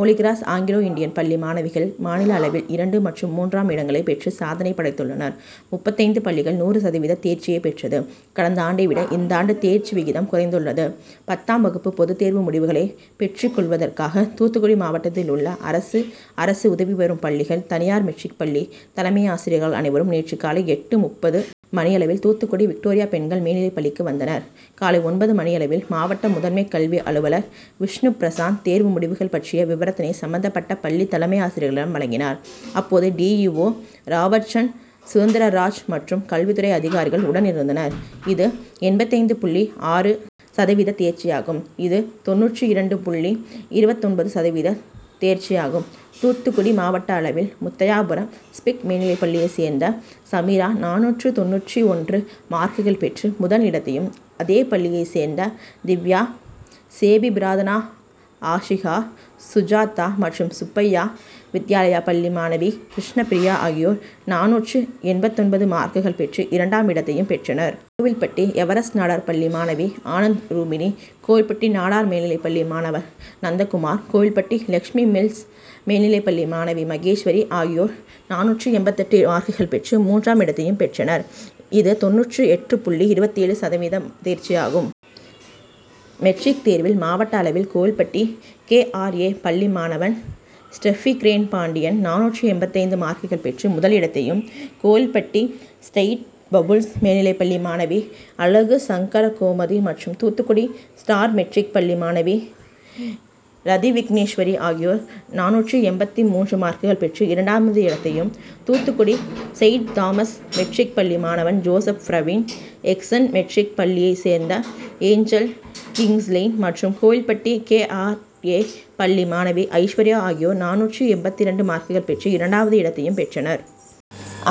Holy Cross Anglo Indian பள்ளி மாணவிகள் மாநில அளவில் இரண்டு மற்றும் மூன்றாம் இடங்களை பெற்று சாதனை படைத்துள்ளனர். முப்பத்தைந்து பள்ளிகள் நூறு சதவீத தேர்ச்சியை பெற்றது. கடந்தாண்டை விட இந்தாண்டு தேர்ச்சி விகிதம் குறைந்துள்ளது. பத்தாம் வகுப்பு பொதுத்தேர்வு முடிவுகளை பெற்றுக் கொள்வதற்காக தூத்துக்குடி மாவட்டத்தில் உள்ள அரசு, அரசு உதவி பெறும் பள்ளிகள், தனியார் மெட்ரிக் பள்ளி தலைமையாசிரியர்கள் அனைவரும் நேற்று காலை எட்டு.முப்பது மணியளவில் தூத்துக்குடி விக்டோரியா பெண்கள் மேல்நிலை பள்ளிக்கு வந்தனர். காலை ஒன்பது மணியளவில் மாவட்ட முதன்மை கல்வி அலுவலர் விஷ்ணுபிரசாத் தேர்வு முடிவுகள் பற்றிய விபரத்தினை சம்பந்தப்பட்ட பள்ளி தலைமையாசிரியர்களிடம் வழங்கினார். அப்போது டிஇஓ ராபர்ட்சன் சுதந்திரராஜ் மற்றும் கல்வித்துறை அதிகாரிகள் உடன் இருந்தனர். இது எண்பத்தைந்து புள்ளி .ஆறு சதவீத தேர்ச்சியாகும். இது தொண்ணூற்று இரண்டு புள்ளி இருபத்தொன்பது சதவீத தேர்ச்சியாகும். தூத்துக்குடி மாவட்ட அளவில் முத்தையாபுரம் ஸ்பிக் மேல்நிலைப்பள்ளி சேர்ந்த சமிரா நானூற்று தொண்ணூற்று ஒன்று மார்க்குகள் பெற்று முதல் இடத்தையும், இதே பள்ளியைச் சேர்ந்த திவ்யா, சேபிபிரதனாஆசிகா, சுஜாதா மற்றும் சுப்பையா வித்யாலயா பள்ளி மாணவி கிருஷ்ணபிரியா ஆகியோர் நானூற்று எண்பத்தொன்பது மார்க்குகள் பெற்று இரண்டாம் இடத்தையும் பெற்றனர். கோவில்பட்டி எவரெஸ்ட் நாடார் பள்ளி மாணவி ஆனந்த ரூபிணி, கோவில்பட்டி நாடார் மேல்நிலைப்பள்ளி மாணவன் நந்தகுமார், கோவில்பட்டி லட்சுமி மில்ஸ் மேல்நிலைப்பள்ளி மாணவி மகேஸ்வரி ஆகியோர் நானூற்று எண்பத்தெட்டு மார்க்குகள் பெற்று மூன்றாம் இடத்தையும் பெற்றனர். இது தொண்ணூற்று எட்டு புள்ளி இருபத்தேழு சதவீத தேர்ச்சியாகும். மெட்ரிக் தேர்வில் மாவட்ட அளவில் கோவில்பட்டி கேஆர்ஏ பள்ளி மாணவன் ஸ்டெப்பிகிரேன்பாண்டியன் நானூற்று எண்பத்தைந்து மார்க்குகள் பெற்று முதல் இடத்தையும், கோவில்பட்டி செயிண்ட் பவுல்ஸ் மேல்நிலைப்பள்ளி மாணவி அழகுசங்கரகோமதி மற்றும் தூத்துக்குடி ஸ்டார் மெட்ரிக் பள்ளி மாணவி ரதிவிக்னேஸ்வரி ஆகியோர் நானூற்று எண்பத்து மூன்று மார்க்குகள் பெற்று இரண்டாம் இடத்தையும், தூத்துக்குடி செயிண்ட் தாமஸ் மெட்ரிக் பள்ளி மாணவன் ஜோசப் பிரவீன், எக்ஸ்என் மெட்ரிக் பள்ளியைச் சேர்ந்த ஏஞ்சல் கிங்ஸ்லீன், மற்றும் கோவில்பட்டி கேஆர்ஏ பள்ளி மாணவி ஐஸ்வர்யா ஆகியோர் நானூற்று எண்பத்திரண்டு மார்க்குகள் பெற்று இரண்டாம் இடத்தையும் பெற்றனர்.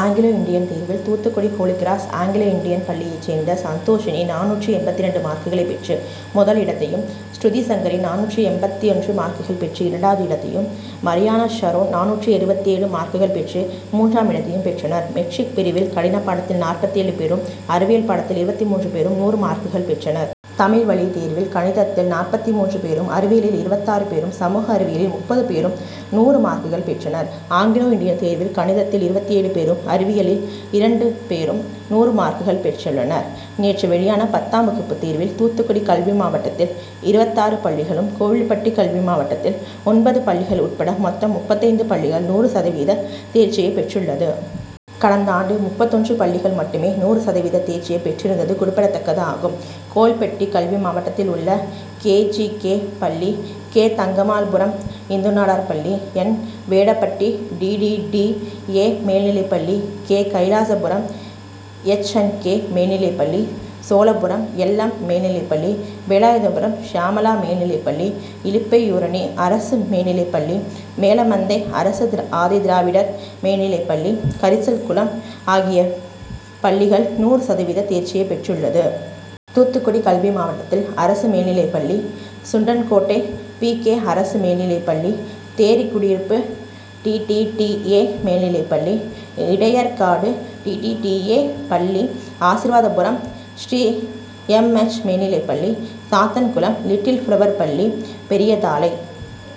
ஆங்கிலோ இண்டியன் தேர்வில் தூத்துக்குடி ஹோலிகிராஸ் ஆங்கிலோ இண்டியன் பள்ளியைச் சேர்ந்த சந்தோஷிணி நானூற்று எண்பத்திரண்டு மார்க்குளை பெற்று முதல் இடத்தையும், சுருதிசங்கரி நானூற்று எண்பத்தொன்று மார்க்குள் பெற்று இரண்டாம் இடத்தையும், மரியானாஷரோன் நானூற்று எழுபத்தேழு மார்க்குகள் பெற்று மூன்றாம் இடத்தையும் பெற்றனர். மெட்ரிக் பிரிவில் கணித பாடத்தில் நாற்பத்தேழு பேரும், அறிவியல் பாடத்தில் இருபத்து மூன்று பேரும் நூறு மார்க்குகள் பெற்றனர். தமிழ்வழி தேர்வில் கணிதத்தில் நாற்பத்து மூன்று பேரும், அறிவியலில் இருபத்தாறு பேரும், சமூக அறிவியலில் முப்பது பேரும் நூறு மார்க்குகள் பெற்றனர், ஆங்கிலோ இண்டியன் தேர்வில் கணிதத்தில் இருபத்தேழு பேரும், அறிவியலில் இரண்டு பேரும் நூறு மார்க்குகள் பெற்றுள்ளனர். நேற்று வெளியான பத்தாம் வகுப்பு தேர்வில் தூத்துக்குடி கல்வி மாவட்டத்தில் இருபத்தாறு பள்ளிகளும், கோவில்பட்டி கல்வி மாவட்டத்தில் ஒன்பது பள்ளிகள் உட்பட மொத்தம் முப்பத்தைந்து பள்ளிகள் நூறு சதவீத தேர்ச்சியை பெற்றுள்ளது. கடந்தாண்டு முப்பத்தொன்று பள்ளிகள் மட்டுமே நூறு சதவீத தேர்ச்சியை பெற்றிருந்தது குறிப்பிடதக்கது ஆகும். கோவில்பட்டி கல்வி மாவட்டத்தில் உள்ள கேஜிகே., பள்ளி கே. தங்கம்மாள்புரம், இந்துநாடார் பள்ளி என். வேடபட்டி, டிடிடிஏ., மேல்நிலைப்பள்ளி கே. கைலாசபுரம், எச்என்கே., மேல்நிலைப்பள்ளி சோழாபுரம், எல். எம்., மேல்நிலைப்பள்ளி வேலாயுதபுரம், சியாமளா மேல்நிலைப்பள்ளி இலுப்பையூரணி, அரசு மேல்நிலைப்பள்ளி மேலமந்தை, அரசு ஆதிதிராவிடர் மேல்நிலைப்பள்ளி கரிசல்குளம் ஆகிய பள்ளிகள் நூறு சதவீத சேர்ச்சியை பெற்றுள்ளது. தூத்துக்குடி கல்வி மாவட்டத்தில் அரசு மேல்நிலைப்பள்ளி சுண்டன்கோட்டை, பி. கே. அரசு மேல்நிலைப்பள்ளி தேரிகுடியிருப்பு, டிடிடிஏ மேல்நிலைப்பள்ளி இடையர்காடு, டிடிடிஏ., பள்ளி ஆசிர்வாதபுரம், ஸ்ரீ எம். எச். மேல்நிலைப்பள்ளி சாத்தான்குளம், லிட்டில் பிளவர் பள்ளி பெரியதாழை,